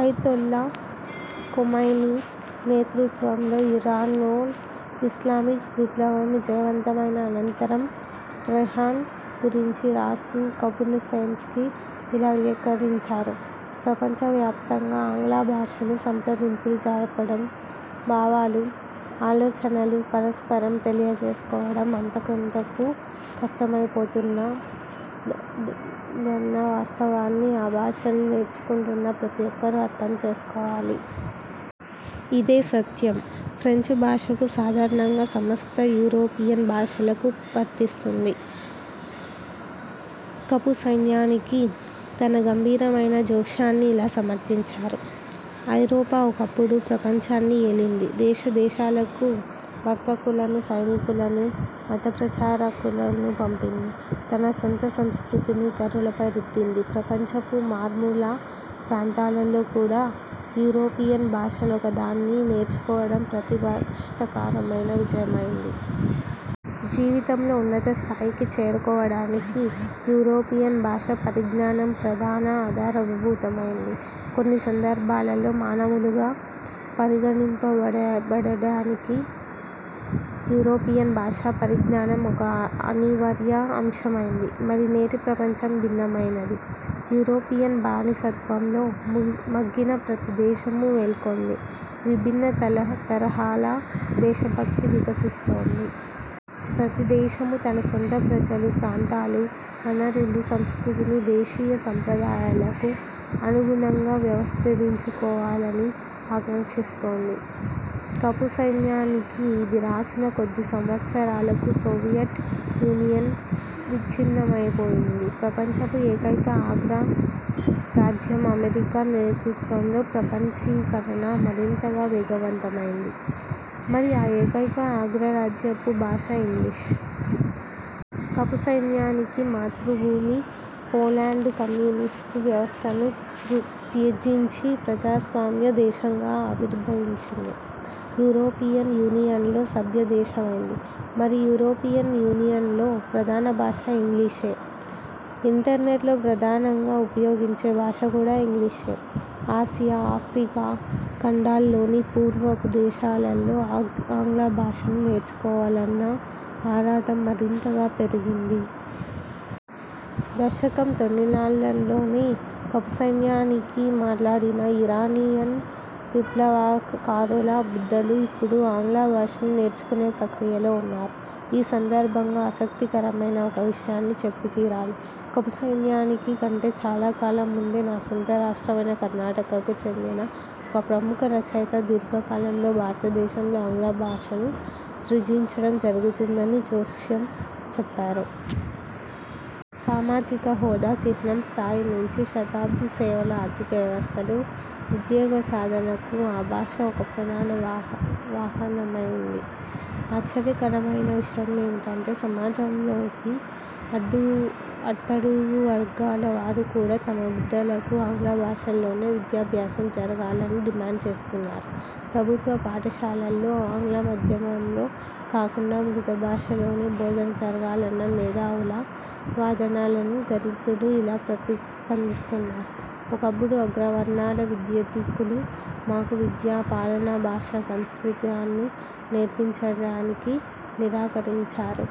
Ayatollah Khomeini నేతృత్వంలో ఇరాన్లో Islamic విప్లవం విజయవంతమైన అనంతరం టెహ్రాన్ గురించి రాస్తూ కపుసైన్సికి ఇలా వ్యాఖ్యానించారు: 'ప్రపంచవ్యాప్తంగా ఆంగ్ల భాషలో సంప్రదింపులు జరపడం, భావాలు, ఆలోచనలు పరస్పరం తెలియజేసుకోవడం అంతకంతకూ కష్టమైపోతుందన్న వాస్తవాన్ని ఆ భాషను నేర్చుకొంటున్న ప్రతి ఒక్కరూ అర్థం చేసుకోవాలి. ఇదే సత్యం ఫ్రెంచ్ భాషకూ, సాధారణంగా సమస్త యూరోపియన్ భాషలకూ వర్తిస్తుంది'. కాపుసిన్యానికి తన గంభీరమైన జోస్యాన్ని ఇలా సమర్థించారు: 'ఐరోపా ఒకప్పుడు ప్రపంచాన్ని ఏలింది. దేశ దేశాలకు వర్తకులను, సైనికులను, మతప్రచారకులను పంపింది. తన సొంత సంస్కృతిని ఇతరులపై రుద్దింది ప్రపంచపు మార్మూల ప్రాంతాలలో కూడా యూరోపియన్ భాషనొకదాన్ని నేర్చుకోవడం ప్రతిష్ఠాకరమైన విషయమయింది. జీవితంలో ఉన్నత స్థాయికి చేరుకోవడానికి యూరోపియన్ భాషా పరిజ్ఞానం ప్రధాన ఆధారభూతమయింది. కొన్ని సందర్భాలలో మానవులుగా పరిగణింపబడడానికి యూరోపియన్ భాషా పరిజ్ఞానం ఒక అనివార్య అంశమయింది మరి నేటి ప్రపంచం భిన్నమైనది. యూరోపియన్ బానిసత్వంలో మగ్గిన ప్రతి దేశమూ మేల్కొంది. విభిన్న తరహాల దేశభక్తి వికసిస్తోంది. ప్రతి దేశమూ తన సొంత ప్రజలు, ప్రాంతాలు, వనరులు, సంస్కృతిని దేశీయ సంప్రదాయాలకు అనుగుణంగా వ్యవస్థీకరించుకోవాలని ఆకాంక్షిస్తోంది'. కపుసైన్సికి ఇది రాసిన కొద్ది సంవత్సరాలకు సోవియట్ యూనియన్ విచ్ఛిన్నమైపోయింది. ప్రపంచపు ఏకైక అగ్రరాజ్యం అమెరికా నేతృత్వంలో ప్రపంచీకరణ మరింతగా వేగవంతమయింది. మరి ఆ ఏకైక అగ్రరాజ్యపు భాష ఇంగ్లీషు. కపుసైన్సికి మాతృభూమి పోలండ్ కమ్యూనిస్టు వ్యవస్థను త్యజించి ప్రజాస్వామ్య దేశంగా ఆవిర్భవించింది. యూరోపియన్ యూనియన్లో సభ్య దేశమయింది. మరి యూరోపియన్ యూనియన్లో ప్రధాన భాష ఇంగ్లీషే. ఇంటర్నెట్లో ప్రధానంగా ఉపయోగించే భాష కూడా ఇంగ్లీషే. ఆసియా, ఆఫ్రికా ఖండాల్లోని పూర్వపు దేశాలలో ఆంగ్లభాషను నేర్చుకోవాలన్న ఆరాటం మరింతగా పెరిగింది. దశకం తొలినాళ్ళలో కపుసైన్సికి మాట్లాడిన ఇరానియన్ విప్లవకారుల బిడ్డలు ఇప్పుడు ఆంగ్లభాషను నేర్చుకునే ప్రక్రియలో వున్నారు. ఈ సందర్భంగా ఆసక్తికరమైన ఒక విషయాన్ని చెప్పితీరాలి. కపుసైన్సికి కంటే చాలాకాలం ముందే నా సొంత రాష్ట్రమైన కర్ణాటకకు చెందిన ఒక ప్రముఖ రచయిత 'దీర్ఘకాలంలో భారతదేశంలో ఆంగ్ల భాషను త్యజించడం జరుగుతుందని' జోస్యం చెప్పారు. సామాజిక హోదా చిహ్నం స్థాయి నుంచి శతాబ్ది సేవల ఆర్థిక వ్యవస్థలో ఉద్యోగసాధనకు ఆ భాష ఒక ప్రధాన వాహకమయింది. ఆశ్చర్యకరమైన విషయమేమిటంటే సమాజంలోని అట్టడుగు వర్గాలవారు కూడా తమబిడ్డలకు ఆంగ్లభాషలోనే విద్యాభ్యాసం జరగాలని డిమాండ్ చేస్తున్నారు. ప్రభుత్వపాఠశాలల్లో ఆంగ్ల మాధ్యమంలో కాకుండా మాతృభాషలోనే బోధన జరగాలన్న మేధావుల వాదనలకు దళితులు ఇలా ప్రతిస్పందిస్తున్నారు: 'ఒకప్పుడు అగ్రవర్ణాల విద్యాధికులు మాకు విద్యా, పాలనాభాష సంస్కృతాన్ని నేర్పించడానికి నిరాకరించారు.